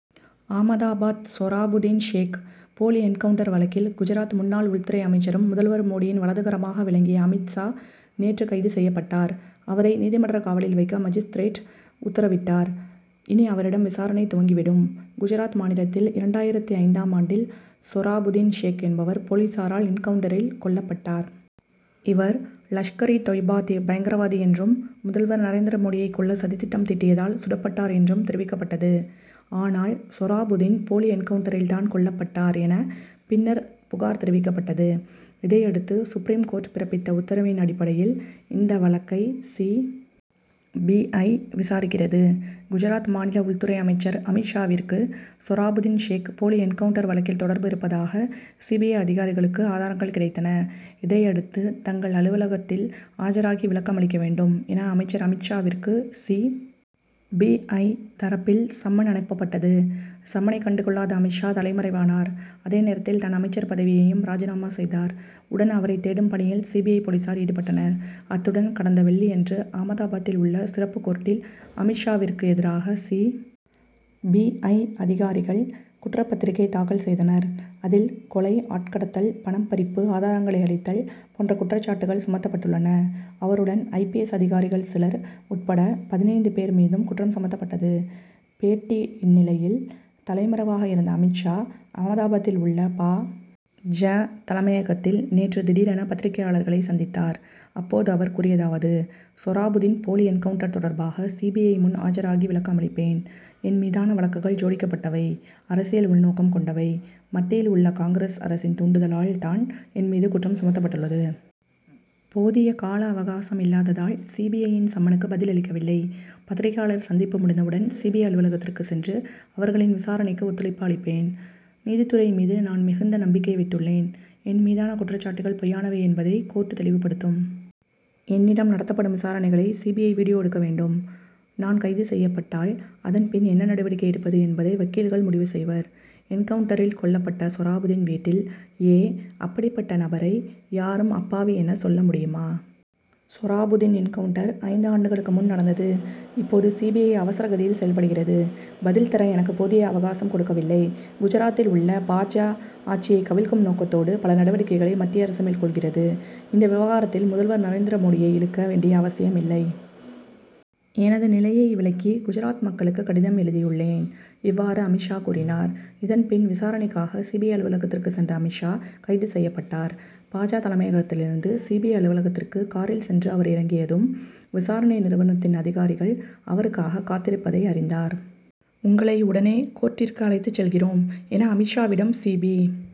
ஆமதாபாத்சொராபுதீன் ஷேக் போலி என்கவுன்டர் வழக்கில், குஜராத் முன்னாள் உள்துறை அமைச்சரும் முதல்வர் மோடியின் வலதுகரமாக விளங்கிய அமீத் ஷா நேற்று கைது செய்யப்பட்டார். அவரை, நீதிமன்றக் காவலில் வைக்க மாஜிஸ்திரேட் உத்தரவிட்டார். இனி அவரிடம் விசாரணை துவங்கி விடும். குஜராத் மாநிலத்தில், இரண்டாயிரத்து ஐந்தாம் ஆண்டில் சொராபுதீன் ஷேக் என்பவர் போலீசாரால் என்கவுன்டரில் கொல்லப்பட்டார். இவர், லஷ்கர் -இ தொய்பா பயங்கரவாதி என்றும், முதல்வர் நரேந்திர மோடியை கொல்ல சதித் திட்டம் தீட்டியதால் சுடப்பட்டார் என்றும் தெரிவிக்கப்பட்டது. ஆனால், சொராபுதீன் போலி என்கவுன்டரில் தான் கொல்லப்பட்டார் என, பின்னர் புகார் தெரிவிக்கப்பட்டது. இதையடுத்து, சுப்ரீம் கோர்ட் பிறப்பித்த உத்தரவின் அடிப்படையில், இந்த வழக்கை சி. பி. ஐ., விசாரிக்கிறது. குஜராத் மாநில உள்துறை அமைச்சர் அமீத் ஷாவிற்கு, சொராபுதீன் ஷேக் போலி என்கவுன்டர் வழக்கில் தொடர்பு இருப்பதாக சி. பி. ஐ., அதிகாரிகளுக்கு ஆதாரங்கள் கிடைத்தன. இதையடுத்து, தங்கள் அலுவலகத்தில் ஆஜராகி விளக்கம் அளிக்க வேண்டும் என, அமைச்சர் அமீத் ஷாவிற்கு சி. பி. ஐ., தரப்பில் சம்மன் அனுப்பப்பட்டது. சம்மனை கண்டு கொள்ளாத அமீத் ஷா, தலைமறைவானார். அதேநேரத்தில், தன் அமைச்சர் பதவியையும் ராஜினாமா செய்தார். உடன், அவரைத் தேடும் பணியில் சி. பி. ஐ., போலீசார் ஈடுபட்டனர். அத்துடன் கடந்த வெள்ளியன்று ஆமதாபாத்தில் உள்ள சிறப்பு கோர்ட்டில், அமீத் ஷாவிற்கு எதிராக சி. பி. ஐ., அதிகாரிகள் குற்றப்பத்திரிகை தாக்கல் செய்தனர். அதில், கொலை, ஆட்கடத்தல், பணம் பறிப்பு, ஆதாரங்களை அழித்தல் போன்ற குற்றச்சாட்டுக்கள் சுமத்தப்பட்டுள்ளன. அவருடன் ஐ. பி. எஸ்., அதிகாரிகள் சிலர் உட்பட பதினைந்து பேர் மீதும் குற்றம் சுமத்தப்பட்டது. பேட்டி இந்நிலையில், தலைமறைவாக இருந்த அமீத் ஷா, ஆமதாபாத்தில் உள்ள பா. ஜ., தலைமையகத்தில் நேற்று திடீரென பத்திரிகையாளர்களைச் சந்தித்தார். அப்போது அவர் கூறியதாவதுசொராபுதீன் போலி என்கவுன்டர் தொடர்பாக, சி. பி. ஐ., முன் ஆஜராகி விளக்கம் அளிப்பேன். என் மீதான வழக்குகள் ஜோடிக்கப்பட்டவை. அரசியல் உள்நோக்கம் கொண்டவை. மத்தியில் உள்ள காங்கிரஸ் அரசின் தூண்டுதலால் தான் என் மீது குற்றம் சுமத்தப்பட்டுள்ளது. போதிய கால அவகாசம் இல்லாததால், சி. பி. ஐ.,யின் சம்மனுக்கு பதில் அளிக்கவில்லை. பத்திரிகையாளர் சந்திப்பு முடிந்தவுடன் சி. பி. ஐ., அலுவலகத்திற்கு சென்று, அவர்களின் விசாரணைக்கு ஒத்துழைப்பு அளிப்பேன். நீதித்துறை மீது நான் மிகுந்த நம்பிக்கை வைத்துள்ளேன். என் மீதான குற்றச்சாட்டுக்கள் பொய்யானவை என்பதை கோர்ட் தெளிவுபடுத்தும். என்னிடம் நடத்தப்படும் விசாரணைகளை சி. பி. ஐ., வீடியோ எடுக்க வேண்டும். நான் கைது செய்யப்பட்டால், அதன் பின் என்ன நடவடிக்கை எடுப்பது என்பதை வக்கீல்கள் முடிவு செய்வர். என்கவுன்டரில் கொல்லப்பட்ட சொராபுதீன் வீட்டில் ஏ. அப்படிப்பட்ட நபரை யாரும் அப்பாவி என சொல்ல முடியுமா? சொராபுதீன் என்கவுன்டர் ஐந்து ஆண்டுகளுக்கு முன் நடந்தது. இப்போது சி. பி. ஐ., அவசர கதியில் செயல்படுகிறது. பதில் தர எனக்கு போதிய அவகாசம் கொடுக்கவில்லை. குஜராத்தில் உள்ள பா. ஜ., ஆட்சியை கவிழ்க்கும் நோக்கத்தோடு பல நடவடிக்கைகளை மத்திய அரசு மேற்கொள்கிறது. இந்த விவகாரத்தில் முதல்வர் நரேந்திர மோடியை இழுக்க வேண்டிய அவசியம் இல்லை. எனது நிலையை விளக்கி குஜராத் மக்களுக்கு கடிதம் எழுதியுள்ளேன். இவ்வாறு அமீத் ஷா கூறினார். இதன்பின் விசாரணைக்காக சி. பி. ஐ., அலுவலகத்திற்கு சென்ற அமீத் ஷா, கைது செய்யப்பட்டார். பா. ஜ., தலைமையகத்திலிருந்து சி. பி. ஐ., அலுவலகத்திற்கு காரில் சென்று அவர் இறங்கியதும், விசாரணை நிறுவனத்தின் அதிகாரிகள் அவருக்காக காத்திருப்பதை அறிந்தார். உங்களை உடனே கோர்ட்டிற்கு அழைத்துச் செல்கிறோம் என, அமீத் ஷாவிடம் சி. பி.